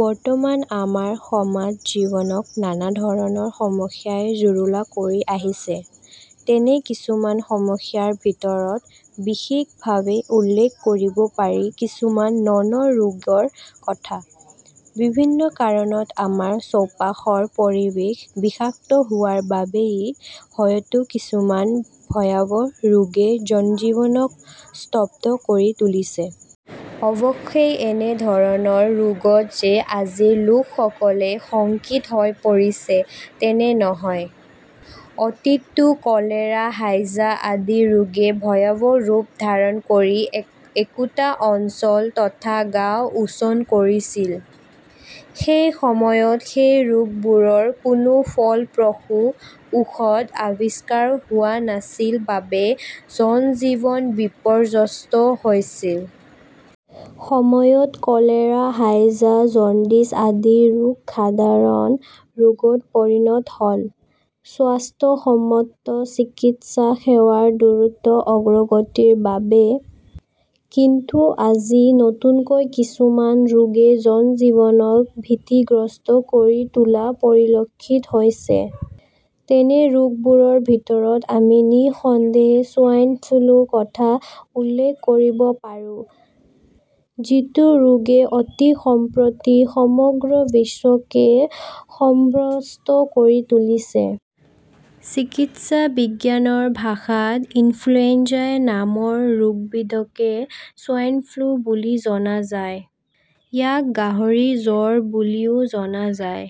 বৰ্তমান আমাৰ সমাজ জীৱনক নানাধৰণৰ সমস্যাই জুৰুলা কৰি আহিছে। তেনে কিছুমান সমস্যাৰ ভিতৰত বিশেষভাৱে উল্লেখ কৰিব পাৰি কিছুমান ন ন ৰোগৰ কথা। বিভিন্ন কাৰণত আমাৰ চৌপাশৰ পৰিৱেশ বিষাক্ত হোৱাৰ বাবেই হয়তো কিছুমান ভয়াৱহ ৰোগে জনজীৱনক স্তব্ধ কৰি তুলিছে। অৱশ্যে এনেধৰণৰ ৰোগত যে আজিৰ লোকসকলেই শংকিত হৈ পৰিছে, তেনে নহয়। অতীততো কলেৰা, হাইজা আদি ৰোগে ভয়াৱহ ৰূপ ধাৰণ কৰি একোটা অঞ্চল তথা গাঁও উছন কৰিছিল। সেই সময়ত সেই ৰোগবোৰৰ কোনো ফলপ্ৰসূ ঔষধ আৱিষ্কাৰ হোৱা নাছিল বাবে জনজীৱন বিপৰ্যস্ত হৈছিল। সময়ত কলেৰা, হাইজা, জণ্ডিছ আদি ৰোগ সাধাৰণ ৰোগত পৰিণত হ'ল স্বাস্থ্যসন্মত চিকিৎসা সেৱাৰ দ্ৰুত অগ্ৰগতিৰ বাবে। কিন্তু আজি নতুনকৈ কিছুমান ৰোগে জনজীৱনক ভীতিগ্ৰস্ত কৰি তোলা পৰিলক্ষিত হৈছে। তেনে ৰোগবোৰৰ ভিতৰত আমি নিঃসন্দেহে 'ছোৱাইন ফ্লু'ৰ কথা উল্লেখ কৰিব পাৰো, যিটো ৰোগে অতিসম্প্ৰতি সমগ্ৰ বিশ্বকে সম্ভ্ৰস্ত কৰি তুলিছে। চিকিৎসা বিজ্ঞানৰ ভাষাত 'ইনফ্লুয়েঞ্জা-এ ' নামৰ ৰোগবিধকে 'ছোৱাইন ফ্লু' বুলি জনা যায়। ইয়াক 'গাহৰি জ্বৰ' বুলিও জনা যায়।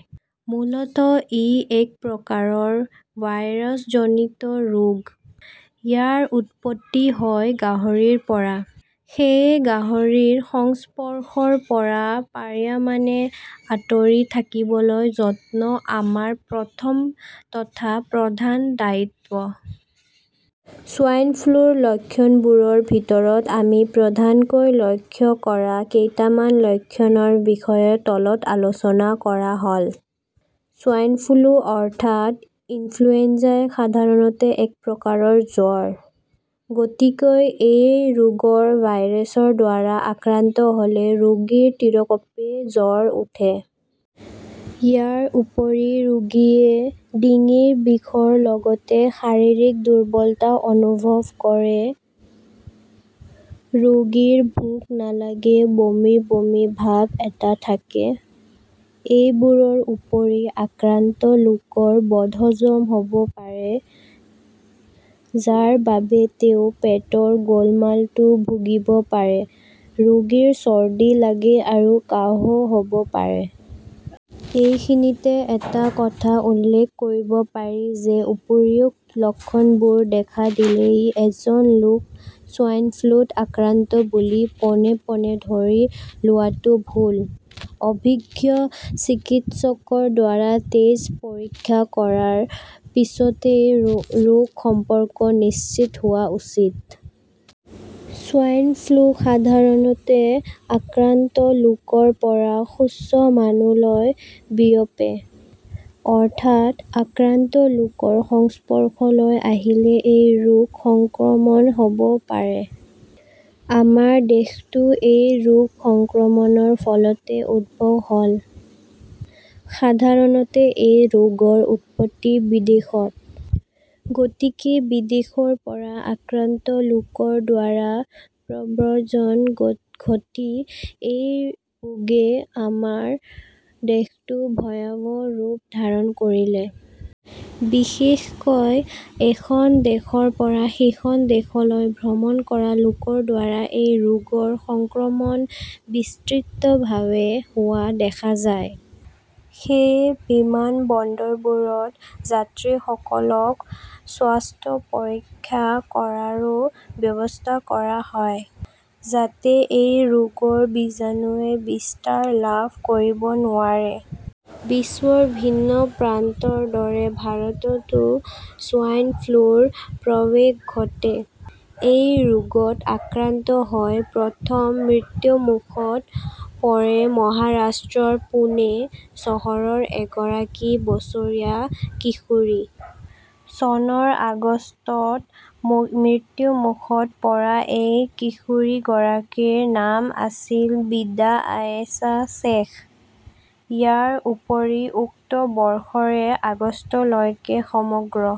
মূলতঃ ই একপ্ৰকাৰৰ ভাইৰাছজনিত ৰোগ। ইয়াৰ উৎপত্তি হয় গাহৰিৰ পৰা। সেয়ে গাহৰিৰ সংস্পৰ্শৰ পৰা পাৰ্যমানে আঁতৰি থাকিবলৈ যত্ন আমাৰ প্ৰথম তথা প্ৰধান দায়িত্ব। ছোৱাইন ফ্লুৰ লক্ষণবোৰৰ ভিতৰত আমি প্ৰধানকৈ লক্ষ্য কৰা কেইটামান লক্ষণৰ বিষয়ে তলত আলোচনা কৰা হ'ল। ছোৱাইন ফ্লু, অৰ্থাৎ 'ইনফ্লুয়েঞ্জা-এ, 'সাধাৰণতে একপ্ৰকাৰৰ জ্বৰ। গতিকে এই ৰোগৰ ভাইৰাছৰ দ্বাৰা আক্ৰান্ত হ'লে ৰোগীৰ তিৰকঁপে জ্বৰ উঠে। ইয়াৰ উপৰি ৰোগীয়ে ডিঙিৰ বিষৰ লগতে শাৰীৰিক দুৰ্বলতা অনুভৱ কৰে, ৰোগীৰ ভোক নালাগে, বমি বমি ভাব এটা থাকে। এইবোৰৰ উপৰি আক্ৰান্ত লোকৰ বদহজম হ'ব পাৰে, যাৰ বাবে তেওঁ পেটৰ গোলমালতো ভুগিব পাৰে। ৰোগীৰ চৰ্দি লাগে আৰু কাহো হ'ব পাৰে। এইখিনিতে এটা কথা উল্লেখ কৰিব পাৰি যে উপৰিউক্ত লক্ষণবোৰ দেখা দিলেই এজন লোক ছোৱাইন ফ্লুত আক্ৰান্ত বুলি পোনে পোনে ধৰি লোৱাটো ভুল। অভিজ্ঞ চিকিৎসকৰ দ্বাৰা তেজ পৰীক্ষা কৰাৰ পিছতহে ৰোগ সম্পৰ্কে নিশ্চিত হোৱা উচিত। ছোৱাইন ফ্লু সাধাৰণতে আক্ৰান্ত লোকৰ পৰা সুস্থ মানুহলৈ বিয়পে। অৰ্থাৎ আক্ৰান্ত লোকৰ সংস্পৰ্শলৈ আহিলে এই ৰোগ সংক্ৰমণ হ'ব পাৰে। আমাৰ দেশতো এই ৰোগ সংক্ৰমণৰ ফলতে উদ্ভৱ হ'ল। সাধাৰণতে এই ৰোগৰ উৎপত্তি বিদেশত। গতিকে বিদেশৰ পৰা আক্ৰান্ত লোকৰ দ্বাৰা প্ৰব্ৰজন ঘটি এই বোগে আমাৰ দেশতো ভয়াৱহ ৰূপ ধাৰণ কৰিলে। বিশেষকৈ এখন দেশৰ পৰা সিখন দেশলৈ ভ্ৰমণ কৰা লোকৰ দ্বাৰা এই ৰোগৰ সংক্ৰমণ বিস্তৃতভাৱে হোৱা দেখা যায়। সেয়ে বিমান বন্দৰবোৰত যাত্ৰীসকলক স্বাস্থ্য পৰীক্ষা কৰাৰো ব্যৱস্থা কৰা হয়, যাতে এই ৰোগৰ বীজাণুৱে বিস্তাৰ লাভ কৰিব নোৱাৰে। বিশ্বৰ ভিন্ন প্ৰান্তৰ দৰে ভাৰততো ছোৱাইন ফ্লুৰ প্ৰৱেশ ঘটে। এই ৰোগত আক্ৰান্ত হৈ প্ৰথম মৃত্যুমুখত পৰে মহাৰাষ্ট্ৰৰ পুণে চহৰৰ এগৰাকী বছৰীয়া কিশোৰী। চনৰ আগষ্টত মৃত্যুমুখত পৰা এই কিশোৰীগৰাকীৰ নাম আছিল বিদা আয়েশা শ্বেখ। ইয়াৰ উপৰি উক্ত বৰ্ষৰে আগষ্টলৈকে সমগ্ৰ